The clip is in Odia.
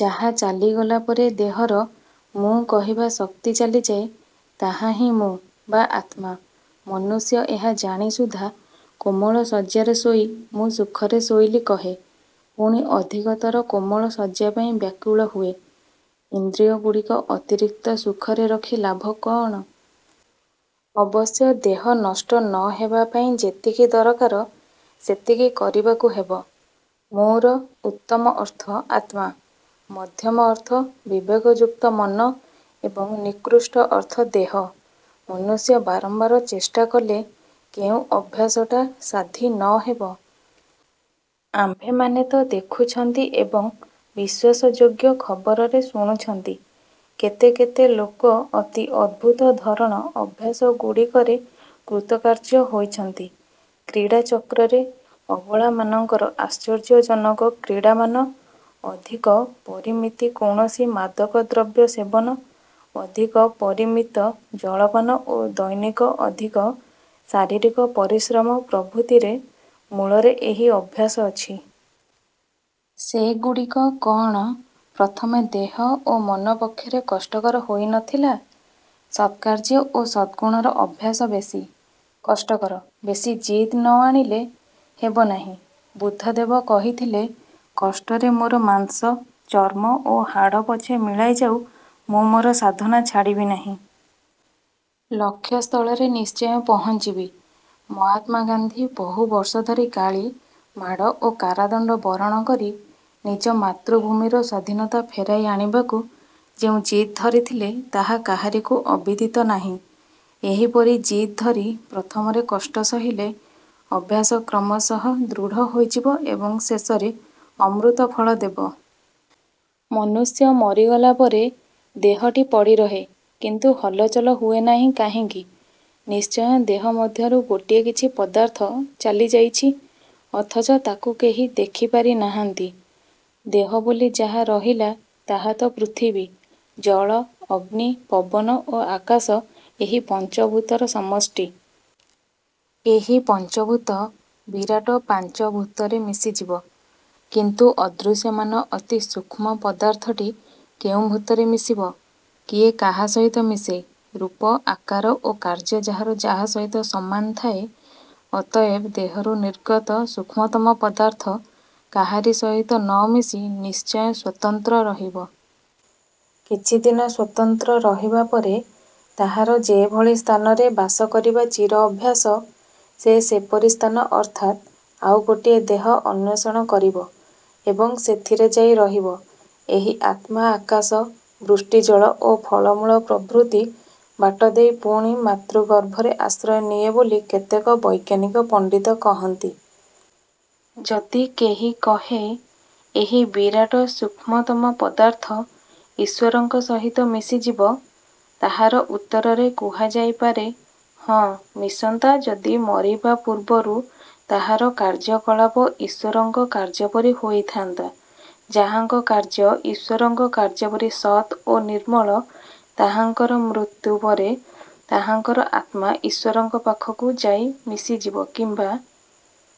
ଯାହା ଚାଲିଗଲାପରେ ଦେହର 'ମୁଁ' କହିବା ଶକ୍ତି ଚାଲିଯାଏ, ତାହା ହିଁ 'ମୁଁ' ବା ଆତ୍ମା। ମନୁଷ୍ୟ ଏହା ଜାଣି ସୁଦ୍ଧା କୋମଳ ଶଯ୍ୟାରେ ଶୋଇ "ମୁଁ ସୁଖରେ ଶୋଇଲି" କହେ, ପୁଣି ଅଧିକତର କୋମଳ ଶଯ୍ୟା ପାଇଁ ବ୍ୟାକୁଳ ହୁଏ। ଇନ୍ଦ୍ରିୟଗୁଡ଼ିକ ଅତିରିକ୍ତ ସୁଖରେ ରଖି ଲାଭ କଅଣ? ଅବଶ୍ୟ ଦେହ ନଷ୍ଟ ନ ହେବା ପାଇଁ ଯେତିକି ଦରକାର ସେତିକି କରିବାକୁ ହେବ। "ମୁଁ"ର ଉତ୍ତମ ଅର୍ଥ ଆତ୍ମା, ମଧ୍ୟମ ଅର୍ଥ ବିବେକ ଯୁକ୍ତ ମନ ଏବଂ ନିକୃଷ୍ଟ ଅର୍ଥ ଦେହ। ମନୁଷ୍ୟ ବାରମ୍ବାର ଚେଷ୍ଟା କଲେ କେଉଁ ଅଭ୍ୟାସଟା ସାଧି ନ ହେବ? ଆମ୍ଭେମାନେ ତ ଦେଖୁଛନ୍ତି ଏବଂ ବିଶ୍ଵାସ ଯୋଗ୍ୟ ଖବରରେ ଶୁଣୁଛନ୍ତି, କେତେ କେତେ ଲୋକ ଅତି ଅଦ୍ଭୁତ ଧରଣ ଅଭ୍ୟାସଗୁଡ଼ିକରେ କୃତକାର୍ଯ୍ୟ ହୋଇଛନ୍ତି। କ୍ରୀଡ଼ା ଚକ୍ରରେ ଅବଳାମାନଙ୍କର ଆଶ୍ଚର୍ଯ୍ୟଜନକ କ୍ରୀଡ଼ାମାନ, ଅଧିକ ପରିମିତି କୌଣସି ମାଦକ ଦ୍ରବ୍ୟ ସେବନ, ଅଧିକ ପରିମିତ ଜଳପାନ ଓ ଦୈନିକ ଅଧିକ ଶାରୀରିକ ପରିଶ୍ରମ ପ୍ରଭୃତିର ମୂଳରେ ଏହି ଅଭ୍ୟାସ ଅଛି। ସେଗୁଡ଼ିକ କଅଣ ପ୍ରଥମେ ଦେହ ଓ ମନ ପକ୍ଷରେ କଷ୍ଟକର ହୋଇ ନ ଥିଲା? ସତ୍କାର୍ଯ୍ୟ ଓ ସତ୍ଗୁଣର ଅଭ୍ୟାସ ବେଶୀ। କଷ୍ଟକର। ବେଶୀ ଜିଦ୍ ନ ଆଣିଲେ ହେବ ନାହିଁ। ବୁଦ୍ଧଦେବ କହିଥିଲେ "କଷ୍ଟରେ ମୋର ମାଂସ, ଚର୍ମ ଓ ହାଡ଼ ପଛେ ମିଳାଇ ଯାଉ; ମୁଁ ମୋର ସାଧନା ଛାଡ଼ିବି ନାହିଁ। ଲକ୍ଷ୍ୟ ସ୍ଥଳରେ ନିଶ୍ଚୟ ପହଞ୍ଚିବି। " ମହାତ୍ମା ଗାନ୍ଧୀ ବହୁ ବର୍ଷ ଧରି ଗାଳି, ମାଡ଼ ଓ କାରାଦଣ୍ଡ ବରଣ କରି ନିଜ ମାତୃଭୂମିର ସ୍ଵାଧୀନତା ଫେରାଇ ଆଣିବାକୁ ଯେଉଁ ଜିଦ୍ ଧରିଥିଲେ, ତାହା କାହାରିକୁ ଅବିଦିତ ନାହିଁ। ଏହିପରି ଜିଦ୍ ଧରି ପ୍ରଥମରେ କଷ୍ଟ ସହିଲେ ଅଭ୍ୟାସ କ୍ରମଶଃ ଦୃଢ଼ ହୋଇଯିବ ଏବଂ ଶେଷରେ ଅମୃତଫଳ ଦେବ। ମନୁଷ୍ୟ ମରିଗଲା ପରେ ଦେହଟି ପଡ଼ିରହେ କିନ୍ତୁ ହଲଚଲ ହୁଏ ନାହିଁ କାହିଁକି? ନିଶ୍ଚୟ ଦେହ ମଧ୍ୟରୁ ଗୋଟିଏ କିଛି ପଦାର୍ଥ ଚାଲି ଯାଇଛି, ଅଥଚ ତାକୁ କେହି ଦେଖିପାରି ନାହାନ୍ତି-। ଦେହ ବୋଲି ଯାହା ରହିଲା ତାହାତ ପୃଥିବୀ, ଜଳ, ଅଗ୍ନି, ପବନ ଓ ଆକାଶ ଏହି ପଞ୍ଚଭୂତର ସମଷ୍ଟି। ଏହି ପଞ୍ଚଭୂତ ବିରାଟ ପାଞ୍ଚଭୂତରେ ମିଶିଯିବ। କିନ୍ତୁ ଅଦୃଶ୍ୟମାନ ଅତି ସୂକ୍ଷ୍ମ ପଦାର୍ଥଟି କେଉଁ ଭୂତରେ ମିଶିବ? କିଏ କାହା ସହିତ ମିଶେ-? ରୂପ, ଆକାର ଓ କାର୍ଯ୍ୟ ଯାହାର ଯାହା ସହିତ ସମାନ ଥାଏ। ଅତଏବ ଦେହରୁ ନିର୍ଗତ ସୂକ୍ଷ୍ମତମ ପଦାର୍ଥ କାହରି ସହିତ ନ ମିଶି ନିଶ୍ଚୟ ସ୍ଵତନ୍ତ୍ର ରହିବ। କିଛି ଦିନ ସ୍ଵତନ୍ତ୍ର ରହିବା ପରେ ତାହାର ଯେଭଳି ସ୍ଥାନରେ ବାସ କରିବା ଚିର ଅଭ୍ୟାସ, ସେ ସେପରି ସ୍ଥାନ ଅର୍ଥାତ୍ ଆଉ ଗୋଟିଏ ଦେହ ଅନ୍ଵେଷଣ କରିବ ଏବଂ ସେଥିରେ ଯାଇ ରହିବ। ଏହି ଆତ୍ମା ଆକାଶ, ବୃଷ୍ଟିଜଳ ଓ ଫଳମୂଳ ପ୍ରଭୃତି ବାଟ ଦେଇ ପୁଣି ମାତୃଗର୍ଭରେ ଆଶ୍ରୟ ନିଏ ବୋଲି କେତେକ ବୈଜ୍ଞାନିକ ପଣ୍ଡିତ କହନ୍ତି-। ଯଦି କେହି କହେ, ଏହି ବିରାଟ ସୂକ୍ଷ୍ମତମ ପଦାର୍ଥ ଈଶ୍ଵରଙ୍କ ସହିତ ମିଶିଯିବ। ତାହାର ଉତ୍ତରରେ କୁହାଯାଇ ପାରେ, ହଁ ମିଶନ୍ତା ଯଦି ମରିବା ପୂର୍ବରୁ ତାହାର କାର୍ଯ୍ୟକଳାପ ଈଶ୍ଵରଙ୍କ କାର୍ଯ୍ୟପରି ହୋଇଥାନ୍ତା। ଯାହାଙ୍କ କାର୍ଯ୍ୟ ଈଶ୍ଵରଙ୍କ କାର୍ଯ୍ୟପରି ସତ୍ ଓ ନିର୍ମଳ, ତାହାଙ୍କର ମୃତ୍ୟୁ ପରେ ତାହାଙ୍କର ଆତ୍ମା ଈଶ୍ଵରଙ୍କ ପାଖକୁ ଯାଇ ମିଶିଯିବ କିମ୍ବା